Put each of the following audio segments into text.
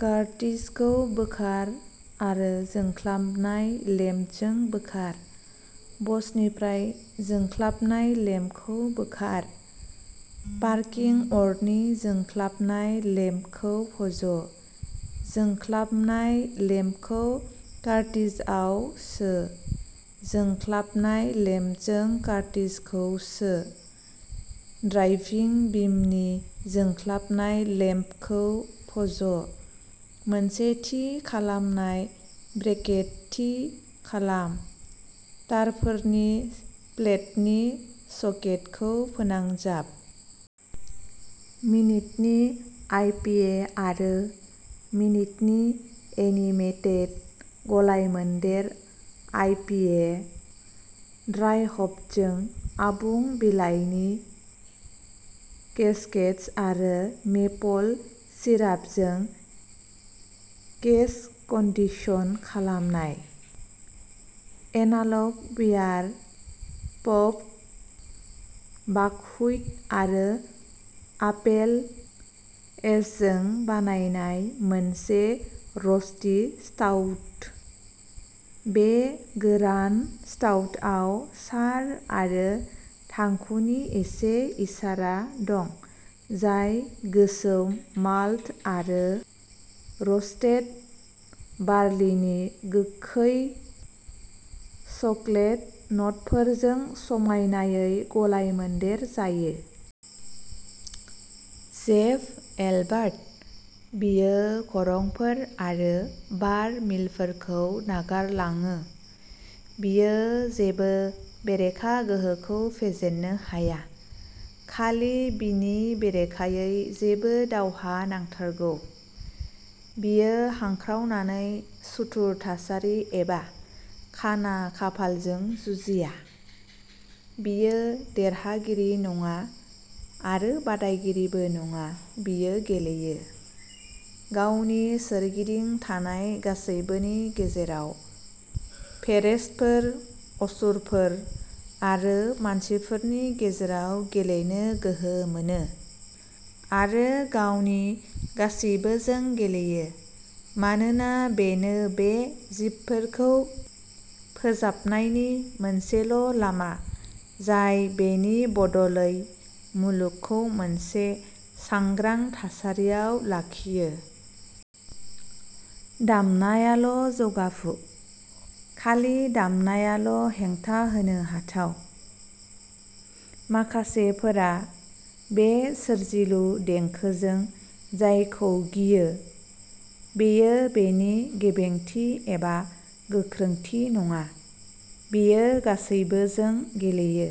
Cartridge खौ बोखार आरो जोंख्लाबनाय लेम्पजों बोखार। बसनिफ्राय जोंख्लाबनाय लेम्पखौ बोखार। पार्किं अरनि जोंख्लाबनाय लेम्पखौ फज'। जोंख्लाबनाय लेम्पखौ कार्ट्रिजआव सो। जोंख्लाबनाय लेम्पजों कार्ट्रिजखौ सो। ड्राइभिं बिमनि जोंख्लाबनाय लेम्पखौ फज'। मोनसे थि खालामनाय ब्रेकेट थि खालाम, तारफोरनि प्लेतनि सकेटखौ फोनांजाब।.। मिनिटनि आइपिएः आरो मिनिटनि एनिमेटेड गलायमोन्देर आइपिए ड्राइ-ह'प्डजों आबुं बिलाइनि केस्केड्स आरो मेपल सिरापजों केस्क-कन्डिसन खालामनाय। एनाल'ग बियारः पप्ड बाकहुइट आरो आपेल एशजों बानायनाय मोनसे र'स्टि स्टाउट। बे गोरान स्टाउटआव चार आरो थांखुनि एसे इसारा दं जाय गोसोम माल्ट आरो र'स्टेड बार्लिनि गोखै चकलेट न'टफोरजों समायनायै गलायमोन्देर जायो। जेफ एल्बार्ट, बियो खरंफोर आरो बार-मिलफोरखौ नागारलाङो, बियो जेबो बेरेखा गोहोखौ फेजेननो हाया। खालि, बिनि बेरेखायै जेबो दावहा नांथारगौ। बियो हांख्रावनानै सुथुर थासारि एबा खाना खाफालजों जुजिया; बियो देरहागिरि नङा आरो बादायगिरिबो नङा-बियो गेलेयो, गावनि सोरगिदिं थानाय गासैबोनि गेजेराव, फेरेश्तफोर, असुरफोर आरो मानसिफोरनि गेजेराव गेलेनो गोहो मोनो, आरो गावनि गासिबोजों गेलेयो, मानोना बेनो बे जिबफोरखौ फोजाबनायनि मोनसेल'लामा, जाय बेनि बदलै मुलुगखौ मोनसे सांग्रां थासारियाव लाखियो। दामनायाल'जौगाफु, खालि दामनायाल'हेंथा होनो हाथाव। माखासेफोरा बे "सोरजिलु" देंखोजों जायखौ गियो, बेयो बेनि गेबेंथि एबा गोख्रोंथि नङा, बेयो गासैबोजों गेलेयो,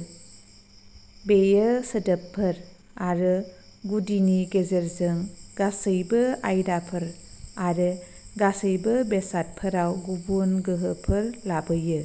बेयो सोदोबफोर आरो गुदिनि गेजेरजों गासैबो आयदाफोर आरो गासैबो बेसादफोराव गुबुन गोहोफोर लाबोयो।